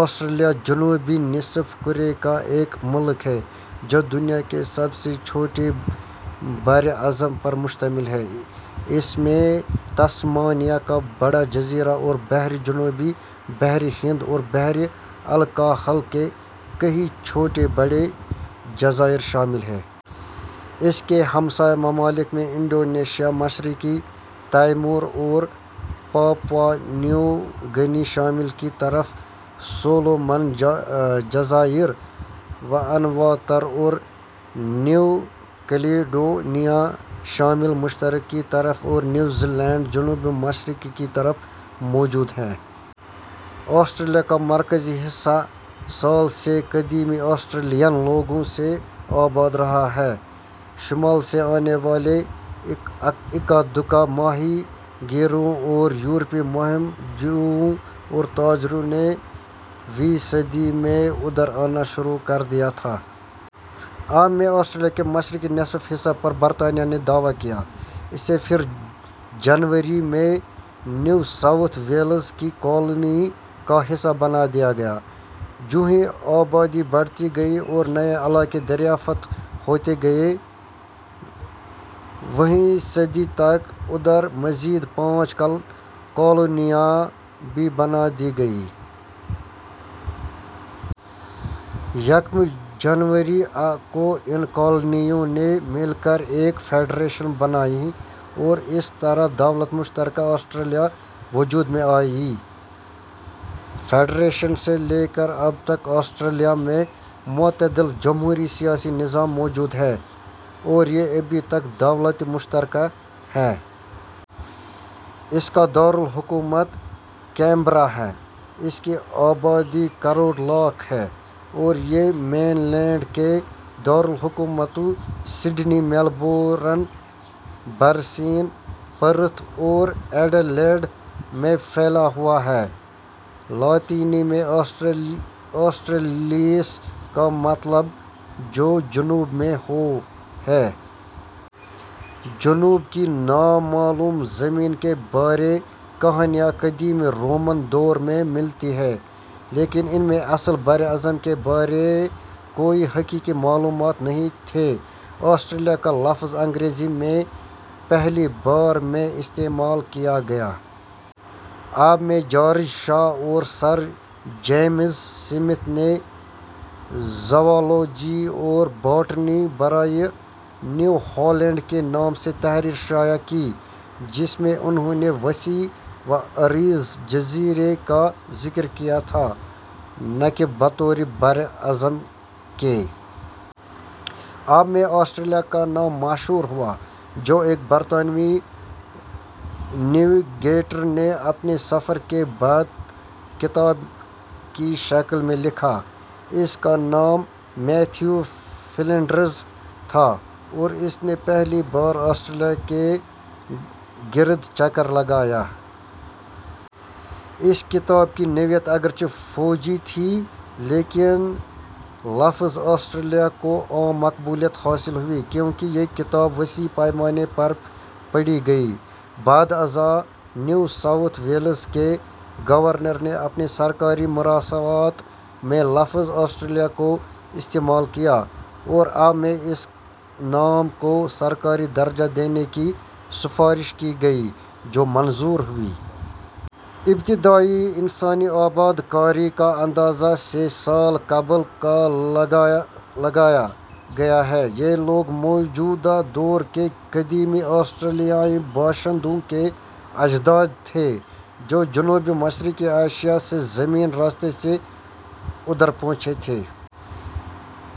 آسْٹْریلِیا جنوبی نصف کُرے کا ایک ملک ہے جو دنیا کے سب سے چھوٹے براعظم پر مشتمل ہے۔ اس میں تسمانیہ کا بڑا جزیرہ اور بحر جنوبی، بحر ہند اور بحر الکاہل کے کئی چھوٹے بڑے جزائر شامل ہیں۔ اس کے ہمسایہ ممالک میں انڈونیشیا ، مشرقی تیمور اور پاپوا نیو گنی شمال کی طرف، سولومن جزائر ، وانواتو اور نیو کیلیڈونیا شمال مشرق کی طرف اور نیوزی لینڈ جنوب مشرق کی طرف موجود ہے۔ آسٹریلیا کا مرکزی حصہ سال سے قدیمی آسٹریلین لوگوں سے آباد رہا ہے۔ شمال سے آنے والے اکا دکا ماہی گیروں اور یورپی مہم جوؤں اور تاجروں نے ویں صدی میں ادھر آنا شروع کر دیا تھا۔ ءمیں، آسٹریلیا کے مشرقی نصف حصہ پر برطانیہ نے دعویٰ کیا۔ اسے پھر جنوری ء میں، نیو ساؤتھ ویلز کی کالونی کا حصہ بنا دیا گیا۔ جونہی آبادی بڑھتی گئی اور نئے علاقے دریافت ہوتے گئے، ویں صدی تک ادھر مزید پانچ کالونیاں بھی بنا دی گئیں۔ یکم جنوری ء کو، ان کالونیوں نے مل کر ایک فیڈریشن بنائی اور اس طرح دولت مشترکہ آسٹریلیا وجود میں آئی۔ فیڈریشن سے لے کر اب تک، آسٹریلیا میں معتدل جمہوری سیاسی نظام موجود ہے اور یہ ابھی تک دولت مشترکہ ہے۔ اس کا دار الحکومت کینبرا ہے۔ اس کی آبادی کروڑ لاکھ ہے اور یہ مین لینڈ کے دارلحکومتوں سڈنی ، میلبورن ، برسبن، پرتھ اور ایڈیلیڈ میں پھیلا ہوا ہے۔ لاطینی میں آسٹریلیس کا مطلب "جو جنوب میں ہو" ہے۔ جنوب کی نامعلوم زمین کے بارے کہانیاں قدیم رومن دور میں ملتی ہیں لیکن ان میں اصل براعظم کے بارے کوئی حقیقی معلومات نہیں تھیں۔ آسٹریلیا کا لفظ انگریزی میں پہلی بار ء میں استعمال کیا گیا۔ ء میں جارج شا اور سر جیمز سمتھ نے زوالوجی اور باٹنی برائے نیو ہالینڈ کے نام سے تحریر شائع کی جس میں انھوں نے وسیع و عریض جزیرے کا ذکر کیا تھا نہ کہ بطور براعظم کے۔ ء میں آسٹریلیا کا نام مشہور ہوا جو ایک برطانوی نیویگیٹر نے اپنے سفر کے بعد کتاب کی شکل میں لکھا۔ اس کا نام میتھیو فلنڈرز تھا اور اس نے پہلی بار آسٹریلیا کے گرد چکر لگایا۔ اس کتاب کی نوعیت اگرچہ فوجی تھی، لیکن لفظ "آسٹریلیا" کو عام مقبولیت حاصل ہوئی کیونکہ یہ کتاب وسیع پیمانے پر پڑھی گئی۔ بعد ازاں نیو ساوتھ ویلز کے گورنر نے اپنے سرکاری مراسلات میں لفظ "آسٹریلیا" کو استعمال کیا اور ء میں اس نام کو سرکاری درجہ دینے کی سفارش کی گئی جو منظور ہوئی۔ ابتدائی انسانی آبادکاری کا اندازہ ، سے ، سال قبل کا لگایا گیا ہے۔ یہ لوگ موجودہ دور کے قدیمی آسٹریلیائی باشندوں کے اجداد تھے جو جنوب مشرقی ایشیا سے زمینی راستے سے ادھر پہنچے تھے۔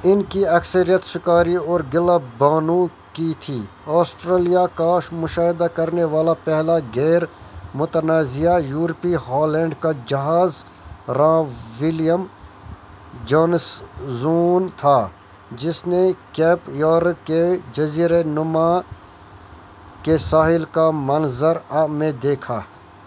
ان کی اکثریت شکاری اور گلہ بانوں کی تھی۔ آسٹریلیا کا مشاہدہ کرنے والا پہلا غیر متنازع یورپی ہالینڈ کا جہاز راں ولیم جانسزون تھا جس نے کیپ یارک کے جزیرہ نما کے ساحل کا منظر، ء میں دیکھا۔